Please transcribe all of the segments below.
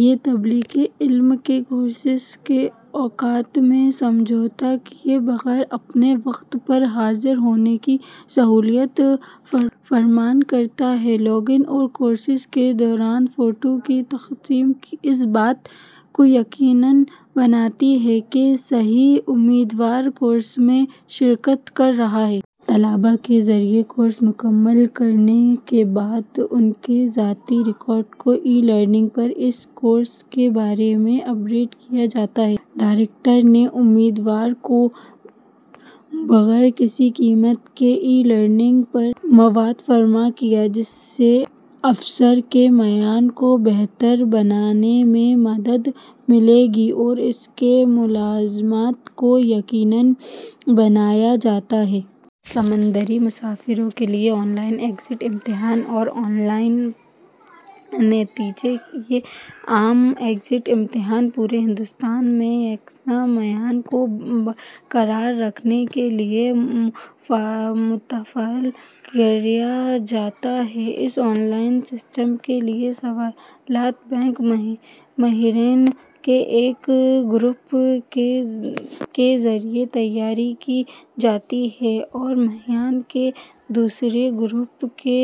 یہ طالب علم کو کورس کے اوقات میں سمجھوتہ کیے بغیر اپنے وقت پر حاضر ہونے کی سہولت فراہم کرتا ہے۔ لاگ اِن اور کورس کے دوران فوٹو کی تصدیق اس بات کو یقینی بناتی ہے کہ صحیح امیدوار کورس میں شرکت کر رہا ہے۔ طلبہ کے ذریعہ کورس مکمل کرنے کے بعد، ان کے ذاتی ریکارڈ کو ای لرننگ پر اس کورس کے بارے میں اپ ڈیٹ کیا جاتا ہے۔ ڈائریکٹوریٹ نے امیدواروں کو بغیر کسی قیمت کے ای لرننگ مواد فراہم کیا، جس سے افسران کے معیار کو بہتر بنانے میں مدد ملے گی اور ان کی ملازمت کو یقینی بنایا جائے گا۔ سمندری مسافروں کے لیے آن لائن ایگزٹ امتحانات اور آن لائن نتائج: یہ عام ایگزٹ امتحان پورے ہندوستان میں یکساں معیار کو برقرار رکھنے کے لیے متعارف کرایا گیا ہے۔ اس آن لائن سسٹم کے لیے سوالاتی بینک ماہرین کے ایک سیٹ کے ذریعہ تیار کیا جاتا ہے اور ماہرین کے ایک دوسرے گروپ کے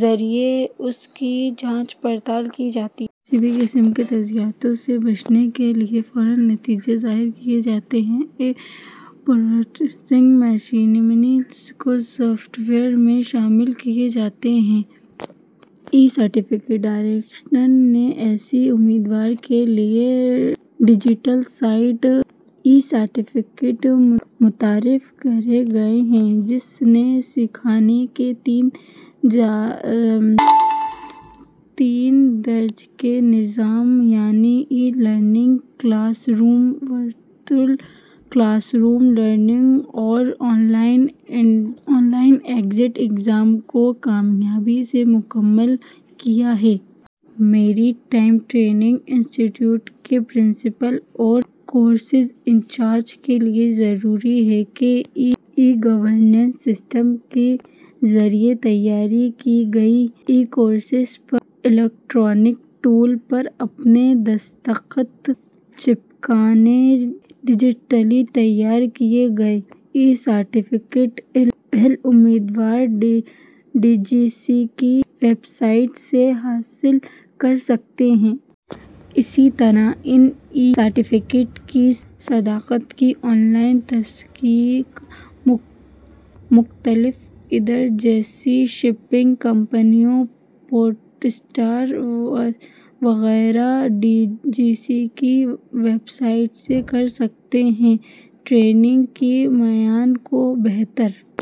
ذریعہ جانچ پڑتال کی جاتی ہے۔ کسی بھی قسم کے تضادات سے بچنے کے لیے فوری نتائج ظاہر کیے جاتے ہیں۔ ای پراکٹرنگ میکانزم کو سافٹ ویئر میں شامل کیا گیا ہے۔ ای-سرٹیفکیٹ: ڈائریکٹوریٹ نے ایسے امیدوار کے لیے ڈیجیٹل طور پر دستخط شدہ ای-سرٹیفکیٹ متعارف کرایا ہے جس نے سیکھنے کے تین درجے کے نظام، یعنی e learning, class room virtual class room learning اور آن لائن ایگزٹ امتحان کو کامیابی سے مکمل کیا ہے۔ Maritime training institute کے پرنسپل اور کورس انچارج کے لیے ضروری ہے کہ ای گورننس سسٹم کے ذریعہ تیار کردہ ای-سرٹیفکیٹس پر الیکٹرانک طور پر اپنے دستخط چسپاں کریں۔ ڈیجیٹل طور پر تیار کردہ ای-سرٹیفکیٹس اہل امیدوار ڈی جی ایس کی ویب سائٹ سے حاصل کر سکتے ہیں۔ اسی طرح، ان ای-سرٹیفکیٹس کی صداقت کی آن لائن تصدیق مختلف ادارے، جیسے شپنگ کمپنیاں، پورٹ اسٹیٹ وغیرہ، ڈی جی ایس کی ویب سائٹ سے کر سکتے ہیں۔ تربیت کے معیار کو بہتر